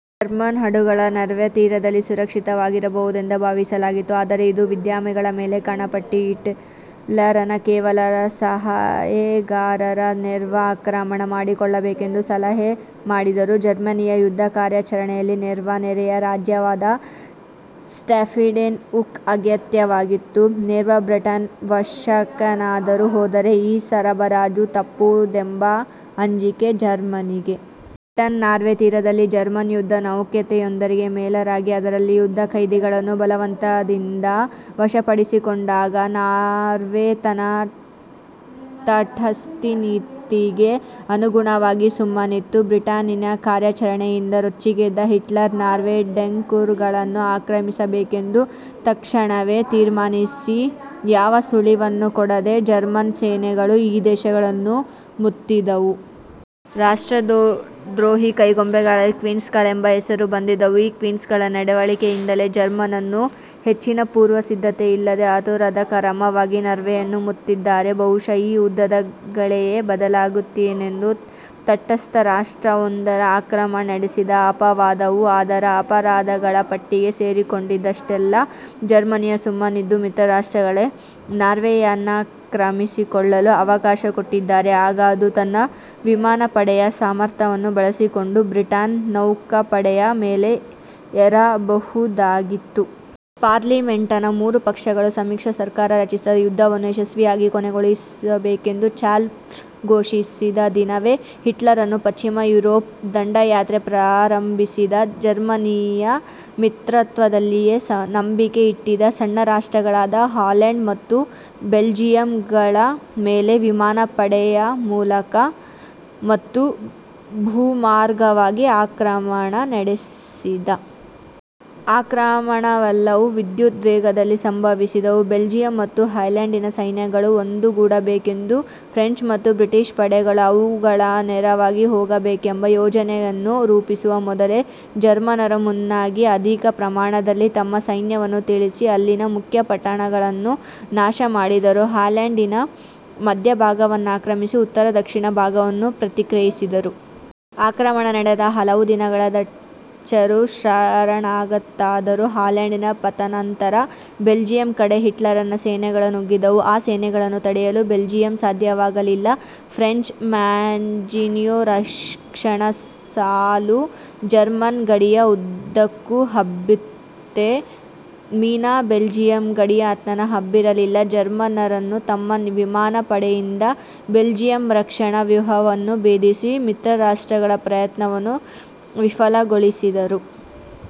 German ಹಡಗುಗಳು Norway ತೀರದಲ್ಲಿ ಸುರಕ್ಷಿತವಾಗಿರಬಹುದೆಂದು ಭಾವಿಸಲಾಗಿತ್ತು. ಆದರೆ ಅದು ವಿದ್ಯಮಾನಗಳ ಮೇಲೆ ಕಣ್ಣಿಟ್ಟಿತ್ತು. ಹಿಟ್ಲರನ ಕೆಲವರು ಸಲಹೆಗಾರರು ನಾರ್ವೆಯ ಆಕ್ರಮಣ ಮಾಡಿಕೊಳ್ಳಬೇಕೆಂದು ಸಲಹೆ ಮಾಡಿದ್ದರು. ಜರ್ಮನಿಯ ಯುದ್ಧಕಾರ್ಯಾಚರಣೆಗೆ ನಾರ್ವೆಯ ನೆರೆಯ ರಾಜ್ಯವಾದ ಸ್ಪೀಡನ್ನಿನ ಉಕ್ಕು ಅಗತ್ಯವಾಗಿತ್ತು. ನಾರ್ವೆ ಬ್ರಿಟನ್ನ ವಶಕ್ಕೇನಾದರೂ ಹೋದರೆ ಈ ಸರಬರಾಜು ತಪ್ಪುವುದೆಂಬ ಅಂಜಿಕೆ ಜರ್ಮನಿಗೆ. ಬ್ರಿಟನ್ ನಾರ್ವೆ ತೀರದಲ್ಲಿದ್ದ ಜರ್ಮನ್ ಯುದ್ಧ ನೌಕೆಯೊಂದರ ಮೇಲೆರಗಿ ಅದರಲ್ಲಿದ್ದ ಯುದ್ಧ ಖೈದಿಗಳನ್ನು ಬಲವಂತದಿಂದ ವಶಪಡಿಸಿಕೊಂಡಾಗ ನಾರ್ವೆ ತನ್ನ ತಾಟಸ್ಥ್ಯ ನೀತಿಗೆ ಅನುಗುಣವಾಗಿ ಸುಮ್ಮನಿತ್ತು. ಬ್ರಿಟನ್ನಿನ ಕಾರ್ಯಾಚರಣೆಯಿಂದ ರೊಚ್ಚಿಗೆದ್ದ ಹಿಟ್ಲರ್ ನಾರ್ವೆ ಡೆನ್ಮಾರ್ಕುಗಳನ್ನು ಆಕ್ರಮಿಸಬೇಕೆಂದು ತತ್ಕ್ಷಣವೇ ತೀರ್ಮಾನಿಸಿದ. ಯಾವ ಸುಳಿವನ್ನೂ ಕೊಡದೆ ಜರ್ಮನ್ ಸೇನೆಗಳು ಈ ದೇಶಗಳನ್ನು ಮುತ್ತಿದವು. ರಾಷ್ಟ್ರದ್ರೋಹಿ ಕೈಗೊಂಬೆಗಳಿಗೆ ಕ್ವಿಸ್ಲಿಂಗ್ಗಳೆಂಬ ಹೆಸರು ಬಂದದ್ದು ಈ ಕ್ವಿಸ್ಲಿಂಗನ ನಡೆವಳಿಕೆಯಿಂದಲೇ. ಜರ್ಮನ್ನರು ಹೆಚ್ಚಿನ ಪುರ್ವಸಿದ್ದತೆಯಿಲ್ಲದೆ ಆತುರದ ಕ್ರಮವಾಗಿ ನಾರ್ವೆಯನ್ನು ಮುತ್ತದಿದ್ದರೆ ಬಹುಶಃ ಈ ಯುದ್ಧದ ಗತಿಯೇ ಬದಲಾಗುತ್ತಿತ್ತೇನೋ. ತಟಸ್ಥ ರಾಷ್ಟ್ರವೊಂದರ ಆಕ್ರಮಣ ನಡೆಸಿದ ಅಪವಾದವೂ ಅವರ ಅಪರಾಧಗಳ ಪಟ್ಟಿಗೆ ಸೇರಿಕೊಂಡಿದ್ದಷ್ಟೇ ಅಲ್ಲ: ಜರ್ಮನಿ ಸುಮ್ಮನಿದ್ದು ಮಿತ್ರ ರಾಷ್ಟ್ರಗಳೇ ನಾರ್ವೆಯನ್ನಾಕ್ರಮಿಸಿಕೊಳ್ಳಲು ಅವಕಾಶ ಕೊಟ್ಟಿದ್ದರೆ ಆಗ ಅದು ತನ್ನ ವಿಮಾನಪಡೆಯ ಸಾಮರ್ಥ್ಯವನ್ನು ಬಳಸಿಕೊಂಡು ಬ್ರಿಟನ್ನಿನ ನೌಕಾಪಡೆಯ ಮೇಲೆ ಎರಬಹುದಾಗಿತ್ತು. ಪಾರ್ಲಿಮೆಂಟಿನ ಮೂರು ಪಕ್ಷಗಳ ಸಮ್ಮಿಶ್ರ ಸರ್ಕಾರ ರಚಿಸಿ, ಯುದ್ಧವನ್ನು ಯಶಸ್ವಿಯಾಗಿ ಕೊನೆಗೊಳಿಸಬೇಕೆಂದು ಚಾರ್ಲಿನ ಫೋಷಿಸಿದ ದಿನವೇ ಹಿಟ್ಲರನೂ ಪಶ್ಚಿಮ ಯುರೋಪ್ ದಂಡಯಾತ್ರೆ ಪ್ರಾರಂಭಿಸಿದ. ಜರ್ಮನಿಯ ಮಿತ್ರತ್ವದಲ್ಲಿ ನಂಬಿಕೆ ಇಟ್ಟಿದ್ದ ಸಣ್ಣ ರಾಷ್ಟ್ರಗಳಾದ ಹಾಲೆಂಡ್ ಮತ್ತು ಬೆಲ್ಜಿಯಂ ಗಳ ಮೇಲೆ ವಿಮಾನ ಪಡೆಯ ಮೂಲಕ ಮತ್ತು ಭೂಮಾರ್ಗವಾಗಿ ಆಕ್ರಮಣ ನಡೆಸಿದ. ಆಕ್ರಮಣವೆಲ್ಲವೂ ವಿದ್ಯುದ್ವೇಗದಲ್ಲಿ ಸಂಭವಿಸಿದವು. ಬೆಲ್ಜಿಯಂ ಮತ್ತು ಹಾಲೆಂಡಿನ ಸೈನ್ಯಗಳು ಒಂದುಗೂಡಬೇಕೆಂಬ, ಫ್ರೆಂಚ್ ಮತ್ತು ಬ್ರಿಟಿಷ್ ಪಡೆಗಳು ಅವುಗಳ ನೆರವಿಗೆ ಹೋಗಬೇಕೆಂಬ ಯೋಜನೆಯನ್ನು ರೂಪಿಸುವ ಮೊದಲೇ ಜರ್ಮನ್ನರು ಮುನ್ನಗ್ಗಿ ಅಧಿಕ ಪ್ರಮಾಣದಲ್ಲಿ ತಮ್ಮ ಸೈನ್ಯವನ್ನು ಇಳಿಸಿ ಅಲ್ಲಿನ ಮುಖ್ಯಪಟ್ಟಣಗಳನ್ನು ನಾಶಮಾಡಿದರು; ಹಾಲೆಂಡಿನ ಮಧ್ಯಭಾಗವನ್ನಾಕ್ರಮಿಸಿ ಉತ್ತರ ದಕ್ಷಿಣಭಾಗವನ್ನು ಪ್ರತ್ಯೇಕಿಸಿದರು. ಆಕ್ರಮಣ ನಡೆದ ಹಲವು ದಿನಗಳಲ್ಲಿ ಡಚ್ಚರು ಶರಣಾಗತರಾದರು. ಹಾಲೆಂಡ್ನ ಪತನಂತರ ಬೆಲ್ಜಿಯಂ ಕಡೆ ಹಿಟ್ಲರನ ಸೇನೆಗಳು ನುಗ್ಗಿದವು. ಆ ಸೇನೆಗಳನ್ನು ತಡೆಯಲು ಬೆಲ್ಜಿಯಂ ಸಾಧ್ಯವಾಗಲಿಲ್ಲ. ಫ್ರಾನ್ಸ್ನ ಮ್ಯಾಜಿನೊ ರಕ್ಷಣಾ ಸಾಲು ಜರ್ಮನ್ ಗಡಿಯ ಉದ್ದಕ್ಕೂ ಹಬ್ಬಿತ್ತೇ ವಿನಾ ಬೆಲ್ಜಿಯಂ ಗಡಿಯತನಕ ಹಬ್ಬಿರಲಿಲ್ಲ. ಜರ್ಮನ್ನರು ತಮ್ಮ ವಿಮಾನ ಪಡೆಯಿಂದ ಬೆಲ್ಜಿಯಂ ರಕ್ಷಣಾ ವ್ಯೂಹವನ್ನು ಭೇದಿಸಿ, ಮಿತ್ರರಾಷ್ಟ್ರಗಳ ಪ್ರಯತ್ನವನ್ನು ವಿಫಲಗೊಳಿಸಿದರು.